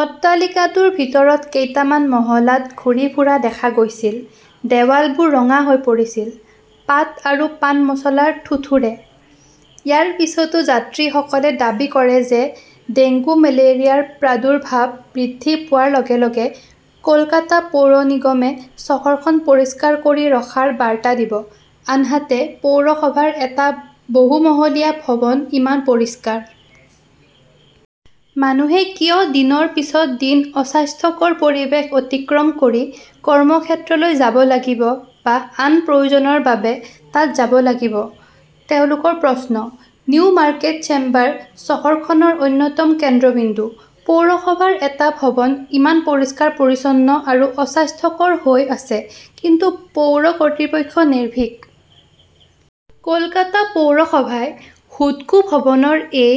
অট্টালিকাটোৰ ভিতৰত কেইটামান মহলাত ঘূৰি ফুৰা দেখা গৈছিল, দেৱালবোৰ ৰঙা হৈ পৰিছিল, পাত আৰু পান মছলাৰ থুথুৰে। ইয়াৰ পিছতো যাত্ৰীসকলে দাবী কৰে যে ডেংগু-মেলেৰিয়াৰ প্ৰাদুৰ্ভাৱ বৃদ্ধি পোৱাৰ লগে লগে কলকাতা পৌৰ নিগমে চহৰখন পৰিষ্কাৰ কৰি ৰখাৰ বাৰ্তা দিব, আনহাতে পৌৰসভাৰ এটা বহুমহলীয়া ভৱন ইমান পৰিষ্কাৰ। মানুহে কিয় দিনৰ পিছত দিন অস্বাস্থ্যকৰ পৰিৱেশ অতিক্ৰম কৰি কৰ্মক্ষেত্ৰলৈ যাব লাগিব বা আন প্ৰয়োজনৰ বাবে তাত যাব লাগিব, তেওঁলোকৰ প্ৰশ্ন। নিউ মাৰ্কেট চেম্বাৰ চহৰখনৰ অন্যতম কেন্দ্ৰবিন্দু। পৌৰসভাৰ এটা ভৱন ইমান পৰিষ্কাৰ-পৰিচ্ছন্ন আৰু অস্বাস্থ্যকৰ হৈ আছে, কিন্তু পৌৰ কৰ্তৃপক্ষ নিৰ্ভীক? কলকাতা পৌৰসভাই হুডকো ভৱনৰ এই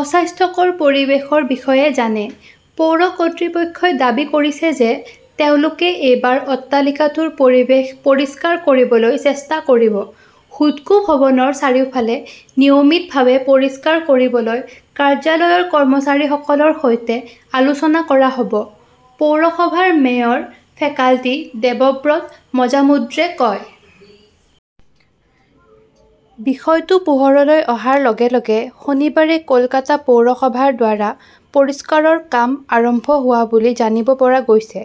অস্বাস্থ্যকৰ পৰিৱেশৰ বিষয়ে জানে। পৌৰ কৰ্তৃপক্ষই দাবী কৰিছে যে তেওঁলোকে এইবাৰ অট্টালিকাটোৰ পৰিৱেশ পৰিষ্কাৰ কৰিবলৈ চেষ্টা কৰিব। "হুডকো ভৱনৰ চাৰিওফাল নিয়মিতভাৱে পৰিষ্কাৰ কৰিবলৈ কাৰ্যালয়ৰ কৰ্মচাৰীসকলৰ সৈতে আলোচনা কৰা হ’ব, পৌৰসভাৰ মেয়ৰ ফেকাল্টি দেৱব্ৰত মজামুদ্ৰে কয়। বিষয়টো পোহৰলৈ অহাৰ লগে লগে শনিবাৰে কলকাতা পৌৰসভাৰ দ্বাৰা পৰিষ্কাৰৰ কাম আৰম্ভ হোৱা বুলি জানিব পৰা গৈছে।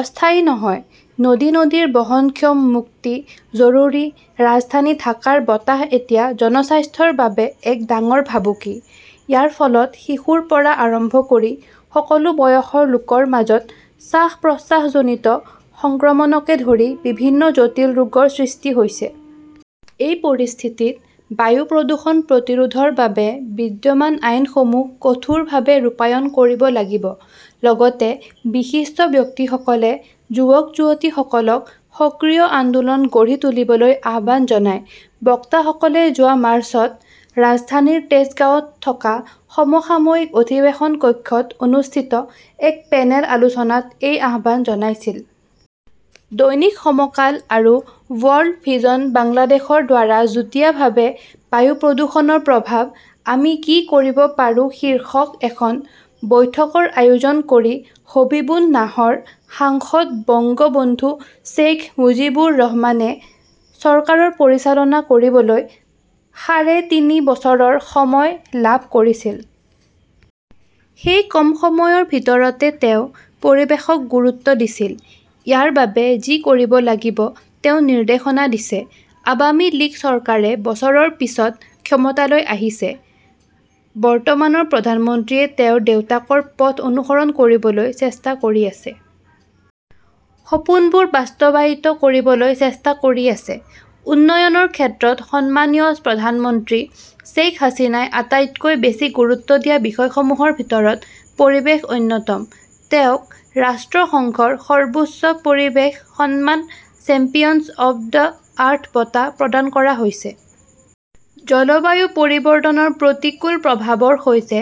অস্থায়ী নহয়, নদী-নদীৰ বহনক্ষম মুক্তি জৰুৰী ৰাজধানী ঢাকাৰ বতাহ এতিয়া জনস্বাস্থ্যৰ বাবে এক ডাঙৰ ভাবুকি। ইয়াৰ ফলত শিশুৰ পৰা আৰম্ভ কৰি সকলো বয়সৰ লোকৰ মাজত শ্বাস-প্ৰশ্বাসজনিত সংক্ৰমণকে ধৰি বিভিন্ন জটিল ৰোগৰ সৃষ্টি হৈছে। এই পৰিস্থিতিত বায়ু প্ৰদূষণ প্ৰতিৰোধৰ বাবে বিদ্যমান আইনসমূহ কঠোৰভাৱে ৰূপায়ণ কৰিব লাগিব। লগতে বিশিষ্ট ব্যক্তিসকলে যুৱক-যুৱতীসকলক সক্ৰিয় আন্দোলন গঢ়ি তুলিবলৈ আহ্বান জনায়। বক্তাসকলে যোৱা মাৰ্চত ৰাজধানীৰ তেজগাঁৱত থকা সমসাময়িক অধিৱেশন কক্ষত অনুষ্ঠিত এক পেনেল আলোচনাত এই আহ্বান জনাইছিল। দৈনিক সমকাল আৰু ৱৰ্ল্ড ভিজন বাংলাদেশৰ দ্বাৰা যুটীয়াভাৱে 'বায়ু প্ৰদূষণৰ প্ৰভাৱঃ আমি কি কৰিব পাৰোঁ "শীৰ্ষক এখন বৈঠকৰ আয়োজন কৰি হবীবুন নাহৰ, সাংসদ বঙ্গবন্ধু শ্বেইখ মুজিবুৰ ৰহমানে চৰকাৰ পৰিচালনা কৰিবলৈ সাঢ়ে তিনি বছৰৰ সময় লাভ কৰিছিল। সেই কম সময়ৰ ভিতৰতে তেওঁ পৰিৱেশক গুৰুত্ব দিছিল। ইয়াৰ বাবে যি কৰিব লাগিব, তেওঁ নিৰ্দেশনা দিছে। আৱামী লীগ চৰকাৰে বছৰৰ পিছত ক্ষমতালৈ আহিছে। বৰ্তমানৰ প্ৰধানমন্ত্ৰীয়ে তেওঁৰ দেউতাকৰ পথ অনুসৰণ কৰিবলৈ চেষ্টা কৰি আছে। সপোনবোৰ বাস্তৱায়িত কৰিবলৈ চেষ্টা কৰি আছে। উন্নয়নৰ ক্ষেত্ৰত সন্মানীয় প্ৰধানমন্ত্ৰী শ্বেইখ হাছিনাই আটাইতকৈ বেছি গুৰুত্ব দিয়া বিষয়সমূহৰ ভিতৰত পৰিৱেশ অন্যতম। তেওঁক ৰাষ্ট্ৰসংঘৰ সৰ্বোচ্চ পৰিৱেশ সন্মান চেম্পিয়ন্ছ অৱ দ্য আৰ্থ বঁটা প্ৰদান কৰা হৈছে। জলবায়ু পৰিৱৰ্তনৰ প্ৰতিকূল প্ৰভাৱৰ সৈতে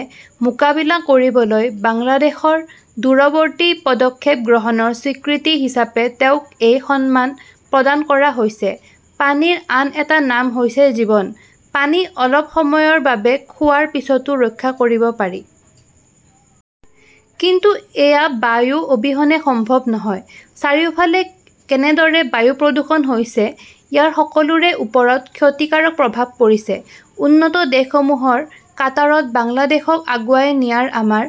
মোকাবিলা কৰিবলৈ বাংলাদেশৰ দূৰৱৰ্তী পদক্ষেপ গ্ৰহণৰ স্বীকৃতি হিচাপে তেওঁক এই সন্মান প্ৰদান কৰা হৈছে। পানীৰ আন এটা নাম হৈছে জীৱন। পানী অলপ সময়ৰ বাবে খোৱাৰ পিছতো ৰক্ষা কৰিব পাৰি। কিন্তু এয়া বায়ু অবিহনে সম্ভৱ নহয়। চাৰিওফালে কেনেদৰে বায়ু প্ৰদূষণ হৈছে; ইয়াৰ সকলোৰে ওপৰত ক্ষতিকাৰক প্ৰভাৱ পৰিছে। উন্নত দেশসমূহৰ কাটাৰত বাংলাদেশক আগুৱাই নিয়াৰ আমাৰ